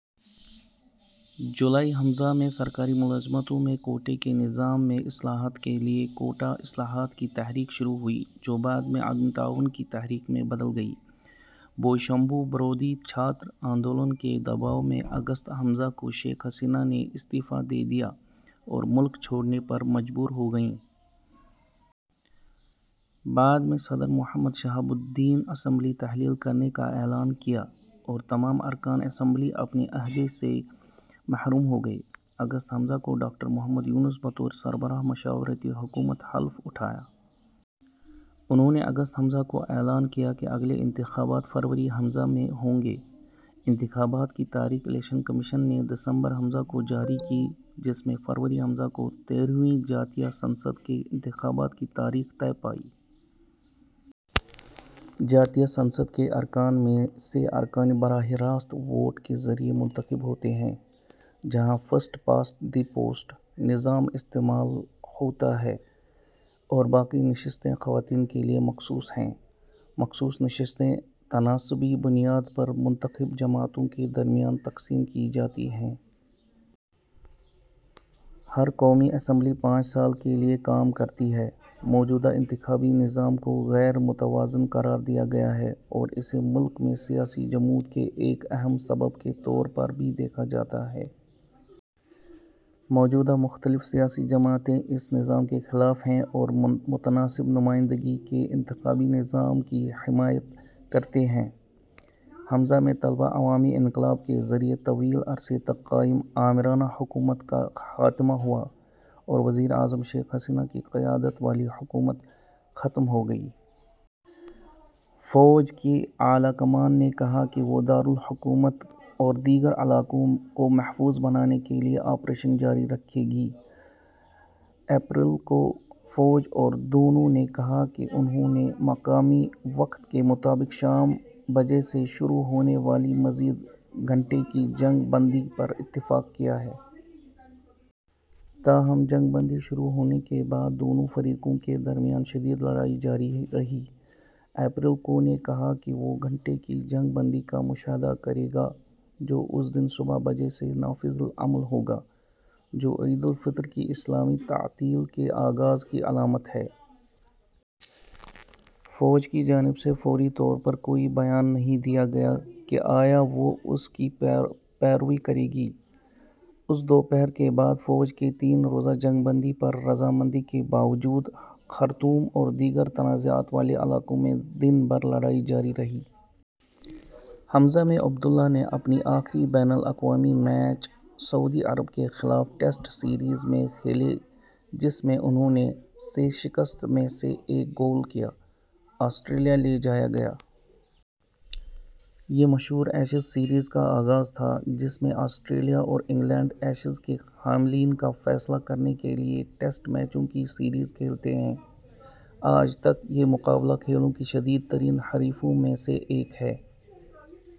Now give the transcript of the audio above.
جولائی ء میں سرکاری ملازمتوں میں کوٹے کے نظام میں اصلاحات کے لیے کوٹا اصلاحات کی تحریک شروع ہوئی جو بعد میں عدم تعاون کی تحریک میں بدل گئی۔ بوئیشموبرودھی چھاتر آندولن کے دباؤ میں اگست ء کو شیخ حسینہ نے استعفا دے دیا اور ملک چھوڑنے پر مجبور ہوگئیں۔ بعد میں صدر محمد شہاب الدین اسمبلی تحلیل کرنے کا اعلان کیا اور تمام ارکان اسمبلی اپنے عہدے سے محروم ہو گئے۔ اگست ء کو ڈاکٹر محمد یونس بطور سربراہ مشاورتی حکومت حلف اٹھائا۔ انھوں نے اگست ء کو اعلان کیا کہ اگلے انتخابات فروری ء میں ہوں گے۔ انتخابات کی تاریخ الیکشن کمیشن نے دسمبر ء کو جاری کی جس میں فروری ء کو تیرھویں جاتیہ سنسد کے انتخابات کی تاریخ طے پائی۔ جاتیہ سنسد کے ارکان میں سے ارکان براہِ راست ووٹ کے ذریعے منتخب ہوتے ہیں، جہاں 'فرسٹ پاسٹ دی پوسٹ' نظام استعمال ہوتا ہے اور باقی نشستیں خواتین کے لیے مخصوص ہیں۔ مخصوص نشستیں تناسبی بنیاد پر منتخب جماعتوں کے درمیان تقسیم کی جاتی ہیں۔ ہر قومی اسمبلی پانچ سال کے لیے کام کرتی ہے۔ موجودہ انتخابی نظام کو غیر متوازن قرار دیا گیا ہے اور اسے ملک میں سیاسی جمود کے ایک اہم سبب کے طور پر بھی دیکھا جاتا ہے۔ موجودہ مختلف سیاسی جماعتیں اس نظام کے خلاف ہیں اور متناسب نمائندگی کے انتخابی نظام کی حمایت کرتی ہیں۔ ء میں طلبہ عوامی انقلاب کے ذریعے طویل عرصے تک قائم آمرانہ حکومت کا خاتمہ ہوا اور وزیر اعظم شیخ حسینہ کی قیادت والی حکومت ختم ہو گئی۔ فوج کی اعلیٰ کمان نے کہا کہ وہ دار الحکومت اور دیگر علاقوں کو محفوظ بنانے کے لیے آپریشن جاری رکھے گی۔ اپریل کو، فوج اور دونوں نے کہا کہ انھوں نے مقامی وقت کے مطابق شام بجے سے شروع ہونے والی مزید گھنٹے کی جنگ بندی پر اتفاق کیا ہے۔ تاہم، جنگ بندی شروع ہونے کے بعد دونوں فریقوں کے درمیان شدید لڑائی جاری رہی۔ اپریل کو، نے کہا کہ وہ گھنٹے کی جنگ بندی کا مشاہدہ کرے گا جو اس دن صبح بجے سے نافذ العمل ہو گا، جو عید الفطر کی اسلامی تعطیل کے آغاز کی علامت ہے۔ فوج کی جانب سے فوری طور پر کوئی بیان نہیں دیا گیا کہ آیا وہ اس کی پیروی کرے گی۔ اس دوپہر کے بعد فوج کے تین روزہ جنگ بندی پر رضامندی کے باوجود خرطوم اور دیگر تنازعات والے علاقوں میں دن بھر لڑائی جاری رہی۔ ء میں عبد اللہ نے اپنے آخری بین الاقوامی میچ سعودی عرب کے خلاف ٹیسٹ سیریز میں کھیلے جس میں انھوں نے - سے شکست میں سے ایک گول کیا۔ آسٹریلیا لے جایا گیا۔ " یہ مشہور ایشیز سیریز کا آغاز تھا جس میں آسٹریلیا اور انگلینڈ ایشز کے حاملین کا فیصلہ کرنے کے لیے ٹیسٹ میچوں کی سیریز کھیلتے ہیں۔ آج تک، یہ مقابلہ کھیلوں کی شدید ترین حریفوں میں سے ایک ہے۔